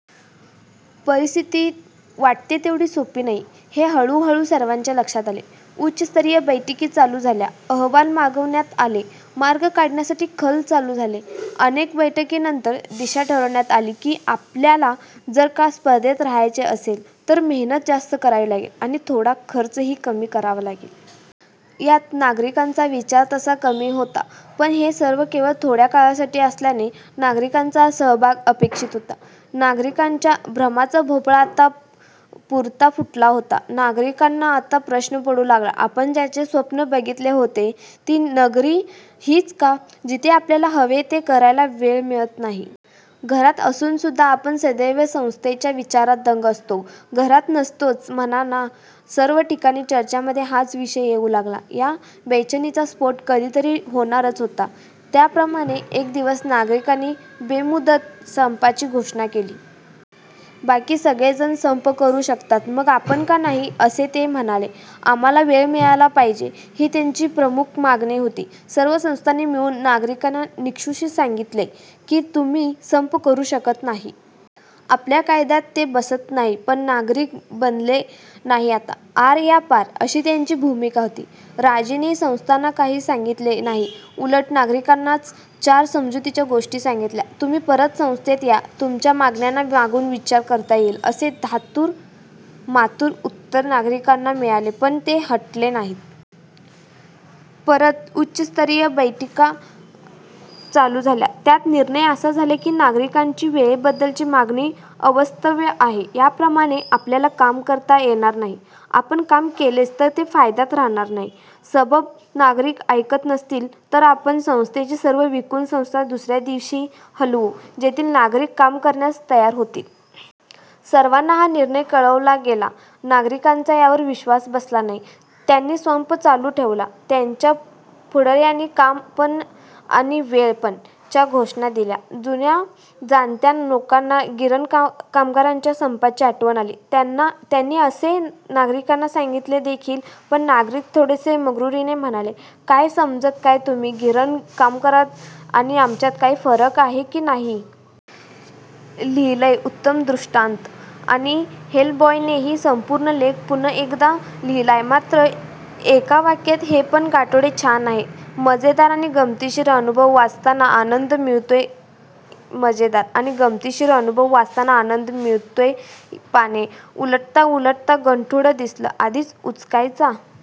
परिस्थिती वाटते तेवढी सोप्पी नाही हे हळू हळू सर्वांच्या लक्षात आले. उच्चस्तरीय बैठकी चालू झाल्या, अहवाल मागवण्यात आले, मार्ग काढण्यासाठी खल चालू झाले. अनेक बैठकीनंतर दिशा ठरवण्यात आली की आपल्याला जर का स्पर्धेत राहायचे असेल तर मेहनत जास्त करावी लागेल आणि थोडा खर्च ही कमी करावा लागेल. यात नागरिकांचा विचार तसा कमी होता पण हे सर्व केवळ थोड्या काळासाठी असल्याने नागरिकांचा सहभाग अपेक्षित होता. नागरिकांच्या भ्रमाचा भोपळा आता पुरता फुटला होता. नागरिकांना आता प्रश्न पडू लागला, आपण ज्याचे स्वप्न बघितले होते ती नगरी हीच का, जिथे आपल्याला हवे ते करायला वेळ मिळत नाही. घरात असून सुद्धा आपण सदैव संस्थेच्या विचारात दंग असतो, घरात नसतोच म्हणा ना? सर्व ठिकाणी चर्चांमध्ये हाच विषय येऊ लागला. या बेचैनिचा स्फोट कधीतरी होणारच होता. त्याप्रमाणे एक दिवस नागरिकांनी बेमुदत संपाची घोषणा केली. बाकी सगळे जण संप करू शकतात मग आपण का नाही असे ते म्हणाले. आम्हाला वेळ मिळाला पाहिजे ही त्यांची प्रमुख मागणी होती. सर्व संस्थांनी मिळून नागरिकांना निक्षून सांगितले की तुम्ही संप करू शकत नाही. आपल्या कायद्यात ते बसत नाही. पण नागरिक बधले नाही आता 'आर या पार' अशी त्यांची भूमिका होति. राजानेही संस्थाना काही सांगितले नाही, उलट नागरिकांनाच चार समजुतीच्या गोष्टी सांगितल्या. तुम्ही परत संस्थेत या, तुमच्या मागण्यांचा मागून विचार करता येईल असे थातूर मातुर उत्तर नागरिकांना मिळाले, पण ते हटले नाहीत. परत उच्चस्तरीय बैठका चालू झाल्या. त्यात निर्णय असा झाला की नागरिकांची वेळेबद्दलची मागणी अवास्तव आहे, याप्रमाणे आपल्याला काम करता येणार नाही. आपण काम केलेच तर ते फायद्यात रहाणार नाही, सबब नागरिक ऐकत नसतील तर आपण संस्थेचे सर्व विकून संस्था दुसऱ्या देशी हलवू, जेथील नागरिक काम करण्यास तयार आहेत. सर्वाना हा निर्णय कळवला गेला. नागरिकांचा यावर विश्वास बसला नाही, त्यांनी संप चालू ठेवला. त्यांच्या पुढार्यांनी 'काम पणआणि वेळ पण' च्या घोषणा दिल्या. जुन्या जाणत्या लोकांना गिरण कामगारांच्या संपाची आठवण आली. त्यांनी तसे नागरिकांना सांगितले देखील पण नागरिक थोडसे मग्रुरीने म्हणाले, " काय समजत काय तुम्ही गिरण कामगारात आणि आमच्यात काही फरक आहे की नाही? " लिहिलंय! उत्तम डृष्टांत. आणि हेलबॉयनेही संपूर्ण लेख पुन: एकदा लिहिलाय, मात्र एका वाक्यात. हे पण गाठोडे छान आहे.! मजेदार आणि गमतीशीर अनुभव वाचताना आनंद मिळतोयमजेदार आणि गमतीशीर अनुभव वाचताना आनंद मिळतोयपाने उलटता उलटता 'गठुडं' दिसलं. आधी उचकायचा